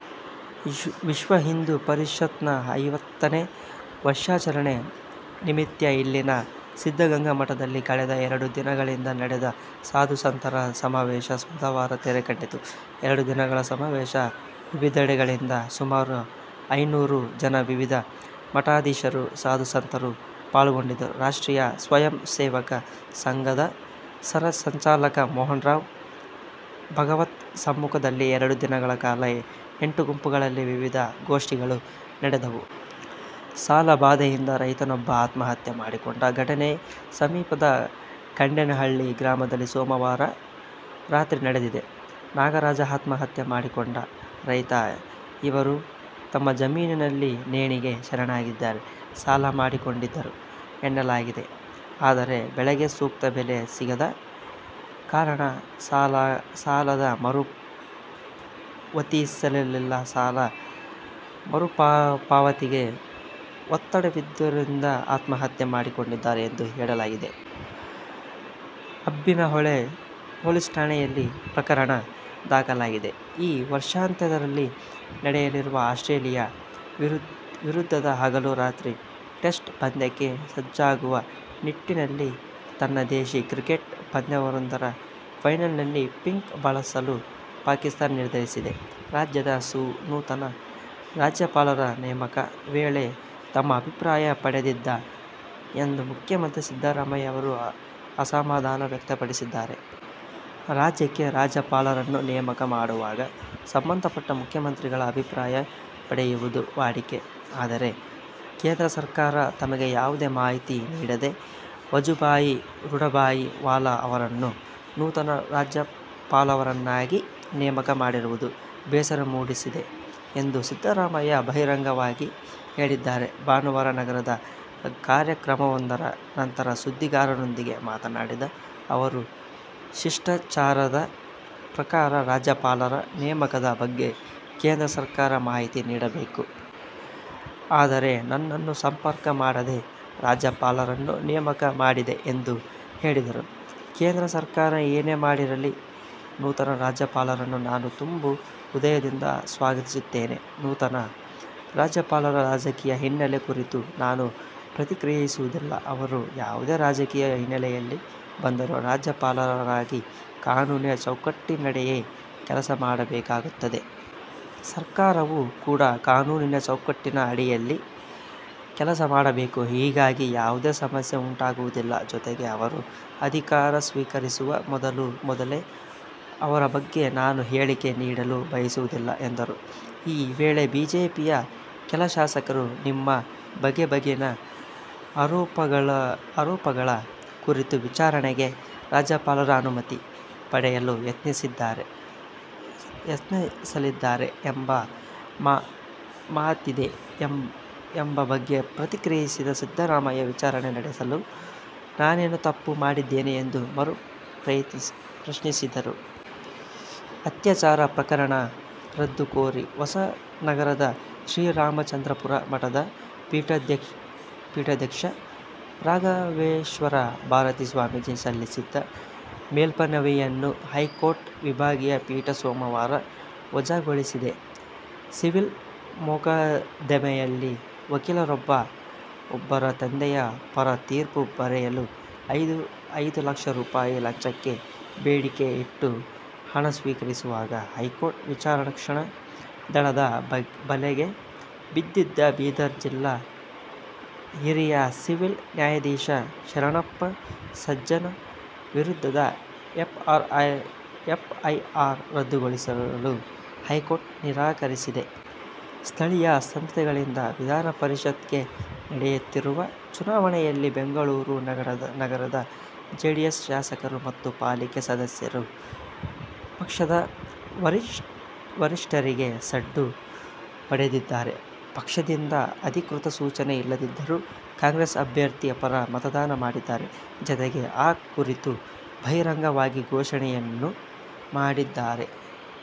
ವಿಶ್ವ ಹಿಂದೂ ಪರಿಷತ್ನ ಐವತ್ತನೇ ವರ್ಷಾಚರಣೆ ನಿಮಿತ್ಯ ಇಲ್ಲಿನ ಸಿದ್ಧಗಂಗಾ ಮಠದಲ್ಲಿ ಕಳೆದ ಎರಡು ದಿನಗಳಿಂದ ನಡೆದ ಸಾಧು ಸಂತರ ಸಮಾವೇಶ ಬುಧವಾರ ತೆರೆ ಕಂಡಿತು. ಎರಡು ದಿನಗಳ ಸಮಾವೇಶ ವಿವಿಧೆಡೆಗಳಿಂದ ಸುಮಾರು ಐನ್ನೂರು ಜನ ವಿವಿಧ ಮಠಾಧೀಶರು, ಸಾಧು ಸಂತರು ಪಾಲ್ಗೊಂಡಿದ್ದರು. ರಾಷ್ಟ್ರೀಯ ಸ್ವಯಂ ಸೇವಕ ಸಂಘದ ಸರ ಸಂಚಾಲಕ ಮೋಹನ್ರಾವ್ ಭಾಗವತ್ ಸಮ್ಮುಖದಲ್ಲಿ ಎರಡು ದಿನಗಳ ಕಾಲ ಎಂಟು ಗುಂಪುಗಳಲ್ಲಿ ವಿವಿಧ ಗೋಷ್ಠಿಗಳು ನಡೆದವು. ಸಾಲ ಬಾಧೆಯಿಂದ ರೈತನೊಬ್ಬ ಆತ್ಮಹತ್ಯೆ ಮಾಡಿಕೊಂಡ ಘಟನೆ ಸಮೀಪದ ಖಂಡೇನಹಳ್ಳಿ ಗ್ರಾಮದಲ್ಲಿ ಸೋಮವಾರ ರಾತ್ರಿ ನಡೆದಿದೆ. ನಾಗರಾಜಆತ್ಮಹತ್ಯೆ ಮಾಡಿಕೊಂಡ ರೈತ. ಇವರು ತಮ್ಮ ಜಮೀನಿನಲ್ಲಿ ನೇಣಿಗೆ ಶರಣಾಗಿದ್ದಾರೆ. ಸಾಲ ಮಾಡಿಕೊಂಡಿದ್ದರು ಎನ್ನಲಾಗಿದೆ. ಆದರೆ ಬೆಳೆಗೆ ಸೂಕ್ತ ಬೆಲೆ ಸಿಗದ ಕಾರಣ ಸಾಲದ ಮರುಪಾವತಿಸಿರಲಿಲ್ಲ. ಸಾಲ ಮರುಪಾವತಿಗೆ ಒತ್ತಡವಿದ್ದುದರಿಂದ ಆತ್ಮಹತ್ಯೆ ಮಾಡಿಕೊಂಡಿದ್ದಾರೆ ಎಂದು ಹೇಳಲಾಗಿದೆ. ಅಬ್ಬಿನಹೊಳೆ ಪೊಲೀಸ್ ಠಾಣೆಯಲ್ಲಿ ಪ್ರಕರಣ ದಾಖಲಾಗಿದೆ. ಈ ವರ್ಷಾಂತ್ಯದಲ್ಲಿ ನಡೆಯಲಿರುವ ಆಸ್ಟ್ರೇಲಿಯ ವಿರುದ್ಧದ ಹಗಲು-ರಾತ್ರಿ ಟೆಸ್ಟ್ ಪಂದ್ಯಕ್ಕೆ ಸಜ್ಜಾಗುವ ನಿಟ್ಟಿನಲ್ಲಿ, ತನ್ನ ದೇಶಿ ಕ್ರಿಕೆಟ್ ಪಂದ್ಯವೊಂದರ ಫೈನಲ್ನಲ್ಲಿ ಪಿಂಕ್ ಬಳಸಲು ಪಾಕಿಸ್ಥಾನ ನಿರ್ಧರಿಸಿದೆ. ರಾಜ್ಯದ ನೂತನ ರಾಜ್ಯಪಾಲರ ನೇಮಕ ವೇಳೆ ತಮ್ಮ ಅಭಿಪ್ರಾಯ ಪಡೆದಿಲ್ಲ ಎಂದು ಮುಖ್ಯಮಂತ್ರಿ ಸಿದ್ದರಾಮಯ್ಯ ಅವರು ಅಸಮಾಧಾನ ವ್ಯಕ್ತಪಡಿಸಿದ್ದಾರೆ. ರಾಜ್ಯಕ್ಕೆ ರಾಜ್ಯಪಾಲರನ್ನು ನೇಮಕ ಮಾಡುವಾಗ ಸಂಬಂಧಪಟ್ಟ ಮುಖ್ಯಮಂತ್ರಿಗಳ ಅಭಿಪ್ರಾಯ ಪಡೆಯುವುದು ವಾಡಿಕೆ. ಆದರೆ ಕೇಂದ್ರ ಸರ್ಕಾರ ತಮಗೆ ಯಾವುದೇ ಮಾಹಿತಿ ನೀಡದೆ ವಜುಭಾಯಿ ರುಡಭಾಯಿ ವಾಲಾ ಅವರನ್ನು ನೂತನ ರಾಜ್ಯಪಾಲರನ್ನಾಗಿ ನೇಮಕ ಮಾಡಿರುವುದು ಬೇಸರ ಮೂಡಿಸಿದೆ ಎಂದು ಸಿದ್ದರಾಮಯ್ಯ ಬಹಿರಂಗವಾಗಿ ಹೇಳಿದ್ದಾರೆ. ಭಾನುವಾರ ನಗರದ ಕಾರ್ಯಕ್ರಮವೊಂದರ ನಂತರ ಸುದ್ದಿಗಾರರೊಂದಿಗೆ ಮಾತನಾಡಿದ ಅವರು, ಶಿಷ್ಟಾಚಾರದ ಪ್ರಕಾರ ರಾಜ್ಯಪಾಲರ ನೇಮಕದ ಬಗ್ಗೆ ಕೇಂದ್ರ ಸರ್ಕಾರ ಮಾಹಿತಿ ನೀಡಬೇಕು. ಆದರೆ, ನನ್ನನ್ನು ಸಂಪರ್ಕ ಮಾಡದೆ ರಾಜ್ಯಪಾಲರನ್ನು ನೇಮಕ ಮಾಡಿದೆ ಎಂದು ಹೇಳಿದರು. ಕೇಂದ್ರ ಸರ್ಕಾರ ಏನೇ ಮಾಡಿರಲಿ, ನೂತನ ರಾಜ್ಯಪಾಲರನ್ನು ನಾನು ತುಂಬು ಹೃದಯದಿಂದ ಸ್ವಾಗತಿಸುತ್ತೇನೆ. ನೂತನ ರಾಜ್ಯಪಾಲರ ರಾಜಕೀಯ ಹಿನ್ನೆಲೆ ಕುರಿತು ನಾನು ಪ್ರತಿಕ್ರಿಯಿಸುವುದಿಲ್ಲ. ಅವರು ಯಾವುದೇ ರಾಜಕೀಯ ಹಿನ್ನೆಲೆಯಲ್ಲಿ ಬಂದರೂ ರಾಜ್ಯಪಾಲರಾಗಿ ಕಾನೂನಿನ ಚೌಕಟ್ಟಿನಡಿಯೇ ಕೆಲಸ ಮಾಡಬೇಕಾಗುತ್ತದೆ. ಸರ್ಕಾರವೂ ಕೂಡ ಕಾನೂನಿನ ಚೌಕಟ್ಟಿನ ಅಡಿಯಲ್ಲೇ ಕೆಲಸ ಮಾಡಬೇಕು. ಹೀಗಾಗಿ ಯಾವುದೇ ಸಮಸ್ಯೆ ಉಂಟಾಗುವುದಿಲ್ಲ. ಜೊತೆಗೆ ಅವರು ಅಧಿಕಾರ ಸ್ವೀಕರಿಸುವ ಮೊದಲೇ ಅವರ ಬಗ್ಗೆ ನಾನು ಹೇಳಿಕೆ ನೀಡಲು ಬಯಸುವುದಿಲ್ಲ ಎಂದರು. ಈ ವೇಳೆ ಬಿಜೆಪಿಯ ಕೆಲ ಶಾಸಕರು ನಿಮ್ಮ ಬಗೆಗಿನ ಆರೋಪಗಳ ಕುರಿತು ವಿಚಾರಣೆಗೆ ರಾಜ್ಯಪಾಲರ ಅನುಮತಿ ಪಡೆಯಲು ಯತ್ನಿಸಲಿದ್ದಾರೆ ಎಂಬ ಮಾತಿದೆ ಎಂಬ ಬಗ್ಗೆ ಪ್ರತಿಕ್ರಿಯಿಸಿದ ಸಿದ್ದರಾಮಯ್ಯ, ವಿಚಾರಣೆ ನಡೆಸಲು ನಾನೇನು ತಪ್ಪು ಮಾಡಿದ್ದೇನೆ ಎಂದು ಮರು ಪ್ರಶ್ನಿಸಿದರು. ಅತ್ಯಾಚಾರ ಪ್ರಕರಣ ರದ್ದು ಕೋರಿ ಹೊಸನಗರದ ಶ್ರೀರಾಮಚಂದ್ರಾಪುರ ಮಠದ ಪೀಠಾಧ್ಯಕ್ಷ ರಾಘವೇಶ್ವರ ಭಾರತಿ ಸ್ವಾಮೀಜಿ ಸಲ್ಲಿಸಿದ್ದ ಮೇಲ್ಮನವಿಯನ್ನು ಹೈಕೋರ್ಟ್ನ ವಿಭಾಗೀಯ ಪೀಠ ಸೋಮವಾರ ವಜಾಗೊಳಿಸಿದೆ. ಸಿವಿಲ್ ಮೊಕದ್ದಮೆಯಲ್ಲಿ ವಕೀಲರೊಬ್ಬರ ತಂದೆಯ ಪರ ತೀರ್ಪು ಬರೆಯಲು ಐದು ಲಕ್ಷ ರೂಪಾಯಿ ಲಂಚಕ್ಕೆ ಬೇಡಿಕೆಯಿಟ್ಟು ಹಣ ಸ್ವೀಕರಿಸುವಾಗ ಹೈಕೋರ್ಟ್ ವಿಚಕ್ಷಣಾ ದಳದ ಬಲೆಗೆ ಬಿದ್ದಿದ್ದ ಬೀದರ್ ಜಿಲ್ಲಾ ಹಿರಿಯ ಸಿವಿಲ್ ನ್ಯಾಯಾಧೀಶ ಶರಣ್ಣಪ್ಪ ಸಜ್ಜನ ವಿರುದ್ಧದ ಎಫ್ಐಆರ್ ರದ್ದುಗೊಳಿಸಲು ಹೈಕೋರ್ಟ್ ನಿರಾಕರಿಸಿದೆ. ಸ್ಥಳೀಯ ಸಂಸ್ಥೆಗಳಿಂದ ವಿಧಾನಪರಿಷತ್ಗೆ ನಡೆಯುತ್ತಿರುವ ಚುನಾವಣೆಯಲ್ಲಿ ಬೆಂಗಳೂರು ನಗರದ ಜೆಡಿಎಸ್ ಶಾಸಕರು ಮತ್ತು ಪಾಲಿಕೆ ಸದಸ್ಯರು ಪಕ್ಷದ ವರಿಷ್ಠರಿಗೆ ಸಡ್ಡು ಹೊಡೆದಿದ್ದಾರೆ. ಪಕ್ಷದಿಂದ ಅಧಿಕೃತ ಸೂಚನೆ ಇಲ್ಲದಿದ್ದರೂ ಕಾಂಗ್ರೆಸ್ ಅಭ್ಯರ್ಥಿ ಪರ ಮತದಾನ ಮಾಡಿದ್ದಾರೆ. ಜತೆಗೆ, ಆ ಕುರಿತು ಬಹಿರಂಗವಾಗಿ ಘೋಷಣೆಯನ್ನೂ ಮಾಡಿದ್ದಾರೆ.